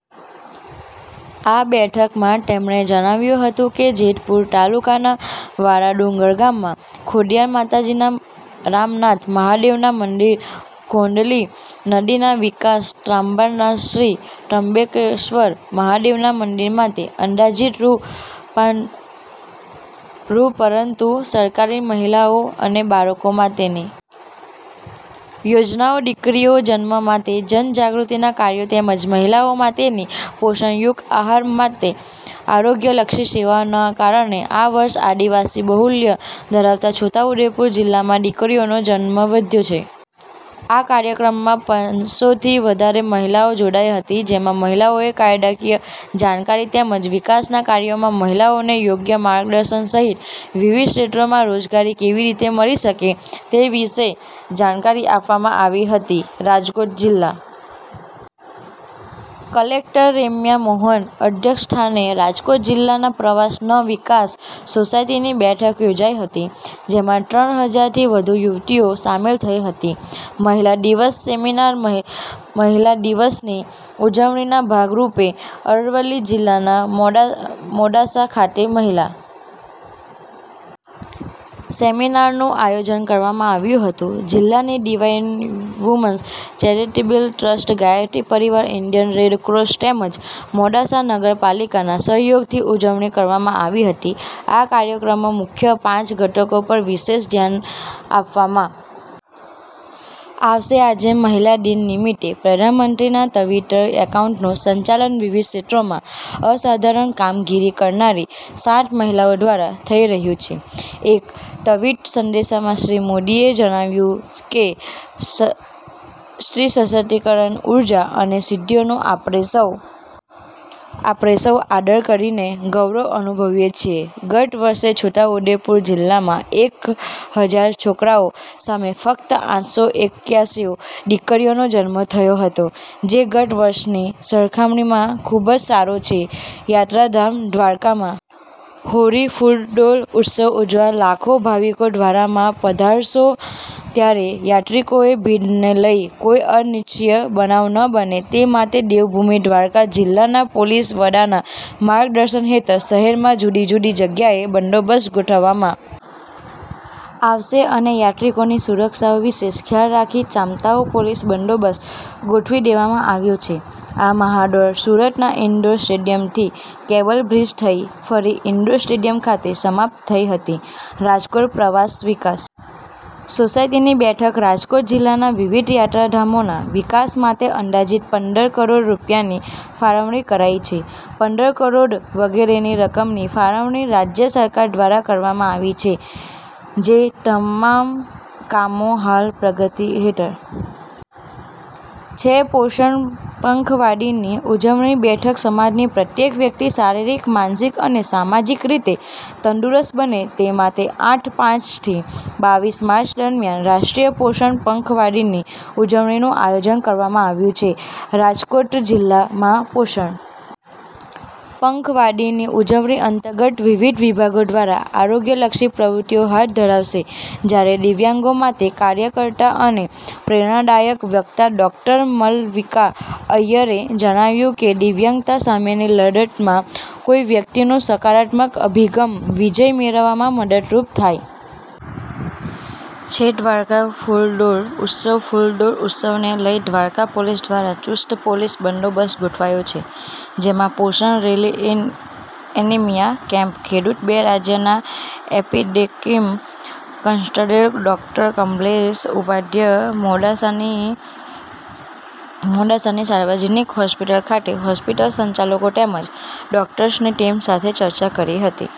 આ બેઠકમાં તેમણે જણાવ્યું હતું કે જેતપુર તા લુકાના વાળા ડુંગર ગામના ખોડિયાર માતાજીના રામનાથ મહાદેવના મંદિર ગોંડલી નદીના વિકાસ ત્રંબાનાશ્રી ત્રંબકેશ્વર મહાદેવના મંદિરમાટે અંદાજીત રૂ પરંતુ સરકારની મહિલા ઓ અને બાળકો માટેની યોજનાઓ દીકરીઓ જન્મ માટે જન જાગૃતિ ના કાર્યો તેમજ મહિલા ઓ માટે ની પોષણયુક આહાર અને આરોગ્ય લક્ષી સેવાઓ ના કારણે આ વર્ષે આદિવાસી બહુલ્ય ધરાવતાં છોટાઉદેપુર જિલ્લામાં દીકરીઓ નો જન્મદર વધ્યો છે આ કાર્યક્રમમાં પાંચસોથી વધારે મહિલાઓ જોડાઈ હતી જેમાં મહિલાઓને કાયદાકીય જાણકારી તેમજ વિકાસના કાર્યોમાં મહિલાઓને યોગ્ય માર્ગદર્શન સહિત વિવિધ ક્ષેત્રમાં રોજગારી કેવી રીતે મળી શકે તે વિશે જાણકારી આપવામાં આવી હતી રાજકોટ જિલ્લા કલેકટર રેમ્યા મોહનના અધ્યક્ષસ્થાને રાજકોટ જિલ્લા પ્રવાસ ન વિકાસ સોસાયટીની બેઠક યોજાઇ હતી જેમાં ત્રણ હજારથી વધુ યુવતીઓ સામેલ થઈ હતી મહિલા દિવસ સેમિનાર મહિલા દિવસની ઉજવણીના ભાગરૂપે અરવલ્લી જિલ્લાના મોડાસા ખાતે મહિલા સેમિનારનું આયોજન કરવામાં આવ્યું હતું જિલ્લાની Divine Women's Charitable Trust Gayatri Parivar Indian Red Cross તેમજ મોડાસા નગર પાલિકાના સહયોગથી ઉજવણી કરવામાં આવી હતી આ કાર્યક્રમોમાં મુખ્ય પાંચ ઘટકો પર વિશેષ ધ્યાન આપવામાં આવશે આજે મહિલા દિન નિમિત્તે પ્રધાનમંત્રીના ટવીટર એકાઉન્ટનું સંચાલન વિવિધ ક્ષેત્રોમાં અસાધારણ કામગીરી કરનારી સાત મહિલાઓ દ્વારા થઇ રહ્યું છે એક ટવીટ સંદેશામાં શ્રી મોદીએ જણાવ્યું કે સ્ત્રીશક્તિની ઉર્જા અને સિદ્ધિઓનો આપણે સૌ આદર કરીને ગૌરવ અનુભવીએ છીએ ગત વર્ષે છોટાઉદેપુર જિલ્લામાં એક હજાર છોકરાઓ સામે ફક્ત આઠસો એક્યાસી દીકરીઓ નો જન્મ થયો હતો જે ગત વર્ષ ની સરખામણી માં ખૂબ જ સારો છે યાત્રાધામ દ્વારકામાં હોળી ફુલડોલ ઉત્સવ ઉજવવા લાખો ભાવિકો દ્વારકામાં પધારશે ત્યારે યાત્રીકોની ભીડને લઈ કોઇ અનિચ્છનીય બનાવ ન બને તે માટે દેવભૂમિ દ્વારકા જીલ્લાના પોલીસ વડાના માર્ગ દર્શન હેઠળ શહેરમાં જુદી જુદી જગ્યાએ બંદોબસ્ત ગોઠવામાં આવશે અને યાત્રિકોની સુરક્ષાનો વિશેષ ખ્યાલ રાખી ચાંપતો પોલીસ બંદોબસ્ત ગોઠવી દેવામાં આવ્યો છે આ મહા દોડ સુરતના ઇન્ડોર સ્ટેડિયમથી કેબલ બ્રિજ થઈ ફરી ઇન્ડોર સ્ટેડિયમ ખાતે સમાપ્ત થઈ હતી રાજકોટ પ્રવાસન વિકાસ સોસાયટીની બેઠક રાજકોટ જિલ્લાના વિવિધ યાત્રાધામોના વિકાસ માટે અંદાજીત પંદર કરોડ રૂપિયાની ફાળવણી કરાઇ છે પંદર કરોડ વગેરેની રકમની ફાળવણી રાજય સરકાર દ્વારા કરવામાં આવી છે જે તમા મના કામો હાલ પ્રગતિ હેઠળ છે પોષણ પખવાડીયાની ઉજવણી બેઠક સમાજની પ્રત્યેક વ્યક્તિ શારિરીક માનસિક અને સામાજિક રીતે તંદુરસ્ત બને તે માટે આઠ માર્ચથી બાવીસ માર્ચ દરમિયાન રાષ્ટ્રીય પોષણ પખવાડીયાની ઉજવણીનું આયોજન કરવામાં આવ્યું છે રાજકોટ જિલ્લામાં પોષણ પખવાડીયાની ઉજવણી અંતર્ગત વિવિધ વિભાગો દ્વારા આરોગ્યલક્ષી પ્રવૃતિઓ હાથ ધરાશે જ્યારે દિવ્યાંગો માટે કાર્યકર્તા અને પ્રેરણાદાય વકતા ડોકટર માલવિકા અય્યરે જણાવ્યું કે દિવ્યાંગતા સામેની લડતમાં કોઇ વ્યક્તિનું સકારાત્મક અભિગમ વિજય મેળવવામાં મદદરૂપ થાય છે દ્વારકાફુલડોલ ઉત્સવ ફુલડોલ ઉત્સવને લઈ દ્વારકા પોલીસ દ્વારા ચુસ્ત પોલીસ બંદોબસ્ત ગોઠવાયો છે જેમાં પોષણ રેલી એનિમિયા કેમ્પ ખેડૂત બે રાજ્યના epidemic consulted doctor Kamlesh Upadhyay મોડાસાની મુલાકાતે આવ્યા હતા ત્યારે આરોગ્ય વિભાગની ટીમ દ્વારા મોડાસાની સાર્વજનિક હોસ્પિટલ ખાતે હોસ્પિટલ સંચાલકો તેમજ ડોક્ટર્સની ટીમ સાથે ચર્ચા કરી હતી।